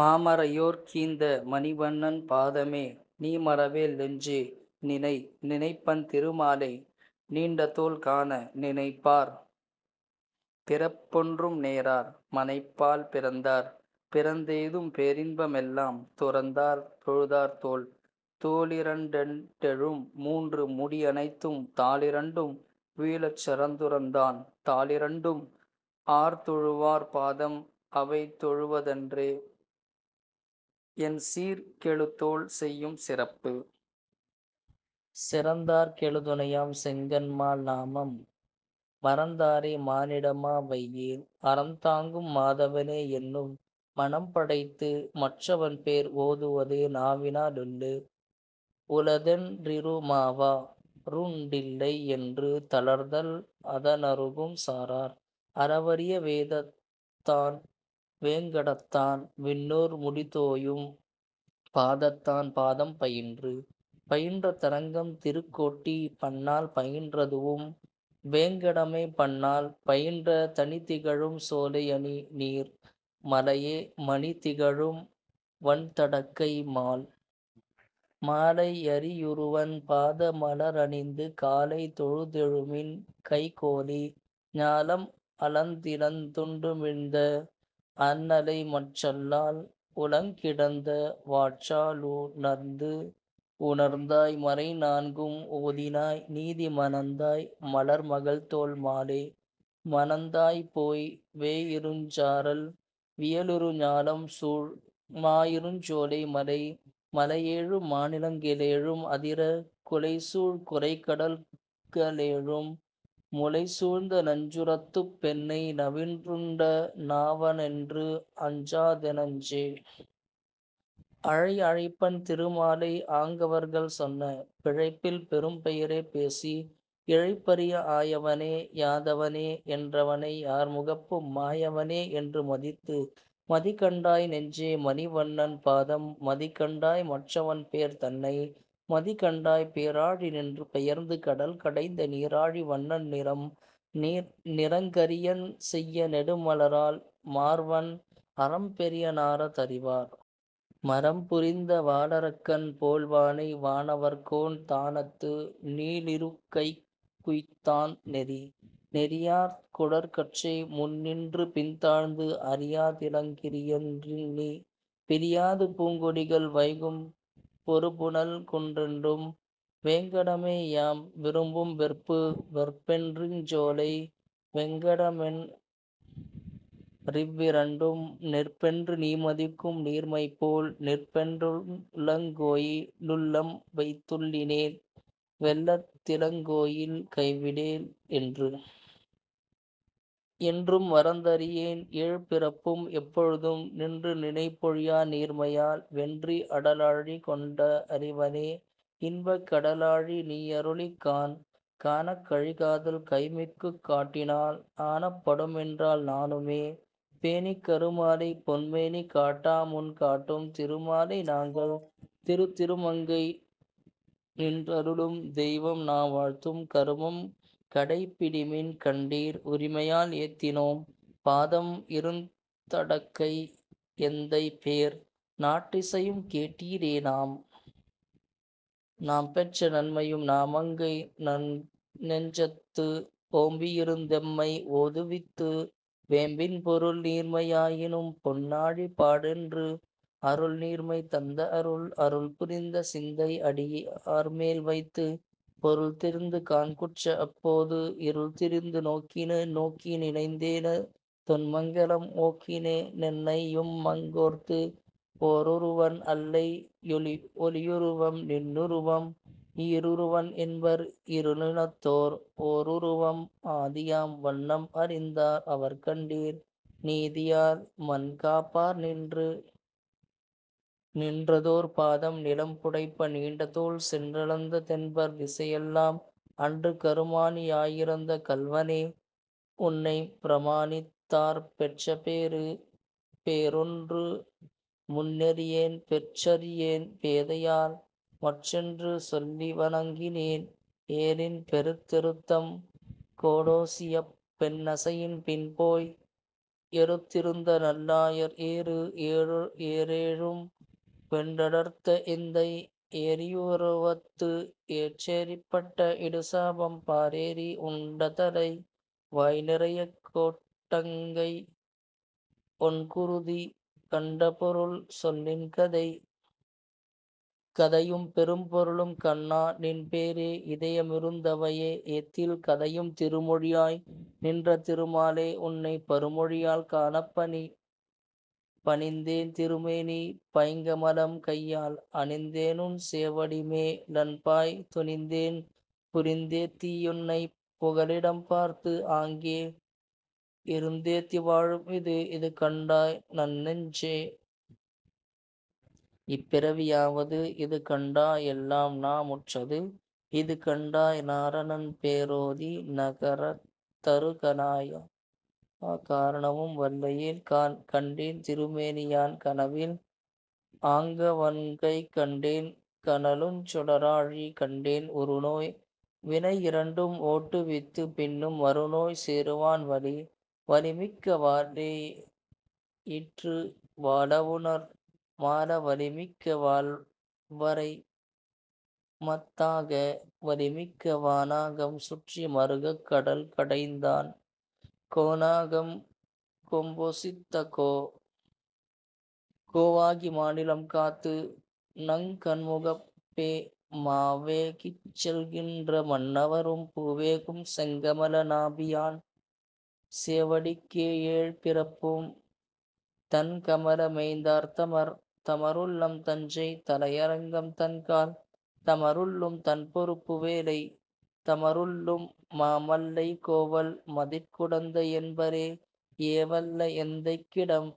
மாமறையோர்க் கீந்த மணிவண்ணன் பாதமே, நீமறவேல் நெஞ்சே. நினை. நினைப்பன் திருமாலை நீண்டதோள் காண, நினைப்பார் பிறப்பொன்றும் நேரார், மனைப்பால் பிறந்தார் பிறந்தெய்தும் பேரின்ப மெல்லாம், துறந்தார் தொழுதாரத் தோள். தோளிரண் டெட்டேழும் மூன்று முடியனைத்தும், தாளிரண்டும் வீழச் சரந்துரந்தான், தாளிரண்டும், ஆர்தொழுவார் பாதம் அவைதொழுவ தன்றே, என் சீர்கெழுதோள் செய்யும் சிறப்பு? சிறந்தார்க் கெழுதுணையாம் செங்கண்மால் நாமம், மறந்தாரை மானிடமா வையேன், அறம்தாங்கும் மாதவனே யென்னும் மனம்படைத்து, மற்றவன்பேர் ஓதுவதே நாவினா லுள்ளு. உளதென் றிறுமாவா ருண்டில்லை யென்று, தளர்தல் அதனருகும் சாரார், அளவரிய வேதத்தான் வேங்கடத்தான் விண்ணோர் முடிதோயும், பாதத்தான் பாதம் பயின்று. பயின்ற தரங்கம் திருக்கோட்டி, பன்னாள் பயின்றதுவும் வேங்கடமே பன்னாள், பயின்ற தணிதிகழும் சோலை யணிநீர் மலையே மணிதிகழும் வண்தடக்கை மால். மாலை யரியுருவன் பாத மலரணிந்து, காலை தொழுதெழுமின் கைகோலி, ஞாலம் அளந்திடந் துண்டுமிழ்ந்த அண்ணலைமற் றல்லால் உளங்கிடந்த வாற்றா லுணர்ந்து. உணர்ந்தாய் மறைநான்கும் ஓதினாய் நீதி மணந்தாய் மலர்மகள்தோள் மாலே. மணந்தாய்போய் வேயிருஞ் சாரல் வியலிரு ஞாலம்சூழ், மாயிருஞ் சோலை மலை. மலையேழும் மாநிலங்க ளேழும் அதிர, குலைசூழ் குரைகடல்க ளேழும், முலைசூழ்ந்த நஞ்சுரத்துப் பெண்ணை நவின்றுண்ட நாவனென்று, அஞ்சாதென் னெஞ்சே. அழை. அழைப்பன் திருமாலை ஆங்கவர்கள் சொன்ன, பிழைப்பில் பெரும்பெயரே பேசி, இழைப்பரிய ஆயவனே. யாதவனே. என்றவனை யார்முகப்பும், மாயவனே என்று மதித்து. மதிக்கண்டாய் நெஞ்சே. மணிவண்ணன் பாதம், மதிக்கண்டாய் மற்றவன்பேர் தன்னை, மதிக்கண்டாய் பேராழி நின்று பெயர்ந்து கடல்கடைந்த நீராழி வண்ணன் நிறம். நிறங்கரியன் செய்ய நெடுமலராள் மார்வன், அறம்பெரிய னார தறிவார்? மறம்புரிந்த வாளரக்கன் போல்வானை வானவர்கோன் தானத்து, நீளிருக்கைக் குய்த்தான் நெறி. நெறியார் குழற்கற்றை முன்னின்று பின்தாழ்ந்து, அறியா திளங்கிரியென் றெண்ணி, பிறியாது பூங்கொடிகள் வைகும் பொருபுனல் குன்றென்றும், வேங்கடமே யாம் விரும்பும் வெற்பு. வெற்பென் றிருஞ்சோலை வேங்கடமென் றிவ்விரண்டும் நிற்பென்று நீமதிக்கும் நீர்மைபோல், நிற்பென் றுளங்கோயி லுள்ளம்வைத் துள்ளினேன், வெள்ளத் திளங்கோயில் கைவிடேல் என்று. என்றும் மறந்தறியேன் ஏழ்பிறப்பும் எப்பொழுதும், நின்று நினைப்பொழியா நீர்மையால், வென்றி அடலாழி கொண்ட அறிவனே, இன்பக் கடலாழி நீயருளிக் காண். காணக் கழிகாதல் கைமிக்குக் காட்டினால், நாணப் படுமென்றால் நாணுமே? பேணிக் கருமாலைப் பொன்மேனி காட்டாமுன் காட்டும், திருமாலை நாங்கள் திரு. திருமங்கை நின்றருளும் தெய்வம்நா வாழ்த்தும், கருமம் கடைப்பிடிமின் கண்டீர், உரிமையால் ஏத்தினோம் பாதம் இருந்தடக்கை எந்தைபேர், நாற்றிசையும் கேட்டீரே நாம்? நாம்பெற்ற நன்மையும் நாமங்கை நன்னெஞ்சத்து ஓம்பி யிருந்தெம்மை ஓதுவித்து, வேம்பின் பொருள்நீர்மை யாயினும் பொன்னாழி பாடென்று, அருள்நீர்மை தந்த அருள். அருள் புரிந்த சிந்தை அடியார்மேல் வைத்து, பொருள்தெரிந்து காண்குற்ற அப்போது, இருள்திரிந்து நோக்கினேன் நோக்கி நினைந்தேன தொண்கமலம், ஓக்கினே னென்னையுமங் கோர்ந்து. ஓருருவன் அல்லை ஒளியுருவம் நின்னுருவம், ஈருருவன் என்பர் இருநிலத்தோர், ஓருருவம் ஆதியாம் வண்ணம் அறிந்தார் அவர்கண்டீர், நீதியால் மண்காப்பார் நின்று. நின்றதோர் பாதம் நிலம்புடைப்ப, நீண்டதோள் சென்றளந்த தென்பர் திசையெல்லாம், அன்று கருமாணி யாயிரந்த கள்வனே, உன்னைப் பிரமாணித் தார்பெற்ற பேறு. பேறொன்று முன்னறியேன் பெற்றறியேன் பேதையால், மாறென்று சொல்லிவணங்கினேன், ஏறின் பெருத்தெருத்தம் கோடொசியப் பெண்நசையின் பின் போய், எருத்திருந்த நல்லாயர் ஏறு. ஏறேழும் வென்றடர்த்த எந்தை, எரியுருவத்து ஏறேறிப் பட்ட இடுசாபம் பாறேறி உண்டதலை வாய்நிறையக் கோட்டங்கை ஒண்குருதி, கண்டபொருள் சொல்லின் கதை. கதையும் பெரும்பொருளும் கண்ணா. நின் பேரே, இதய மிருந்தவையே ஏத்தில், கதையும் திருமொழியாய் நின்ற திருமாலே உன்னைப், பருமொழியால் காணப் பணி. பணிந்தேன் திருமேனி பைங்கமலம் கையால் அணிந்தேனுன் சேவடிமே லன்பாய், துணிந்தேன் புரிந்தேத்தி யுன்னைப் புகலிடம்பார்த்து, ஆங்கே இருந்தேத்தி வாழும் இது. இது கண்டாய் நன்னெஞ்சே. இப்பிறவி யாவது, இதுகண்டா யெல்லாம்நா முற்றது, இதுகண்டாய் நாரணன்பே ரோதி நகரத் தருகணையா, காரணமும் வல்லையேல் காண். கண்டேன் திருமேனி யான்கனவில், ஆங்கவன்கைக் கண்டேன் கனலுஞ் சுடராழி, கண்டேன் உறுநோய் வினையிரண்டும் ஓட்டுவித்து, பின்னும் மறுநோய் செறுவான் வலி. வலிமிக்க வாளெயிற்று வாளவுணர் மாள வலிமிக்க வாள்வரைமத் தாக, வலிமிக்க வாணாகம் சுற்றி மறுகக் கடல்கடைந்தான், கோணாகம் கொம்பொசித்த கோ. கோவாகி மாநிலம் காத்து, நங் கண்முகப்பே மாவேகிச் செல்கின்ற மன்னவரும் பூவேகும் செங்கமல நாபியான் சேவடிக்கே யேழ்பிறப்பும், தண்கமல மேய்ந்தார் தமர். தமருள்ளம் தஞ்சை தலையரங்கம் தண்கால், தமருள்ளும் தண்பொருப்பு வேலை, தமருள்ளும் மாமல்லை கோவல் மதிட்குடந்தை யென்பரே, ஏவல்ல எந்தைக் கிடம்.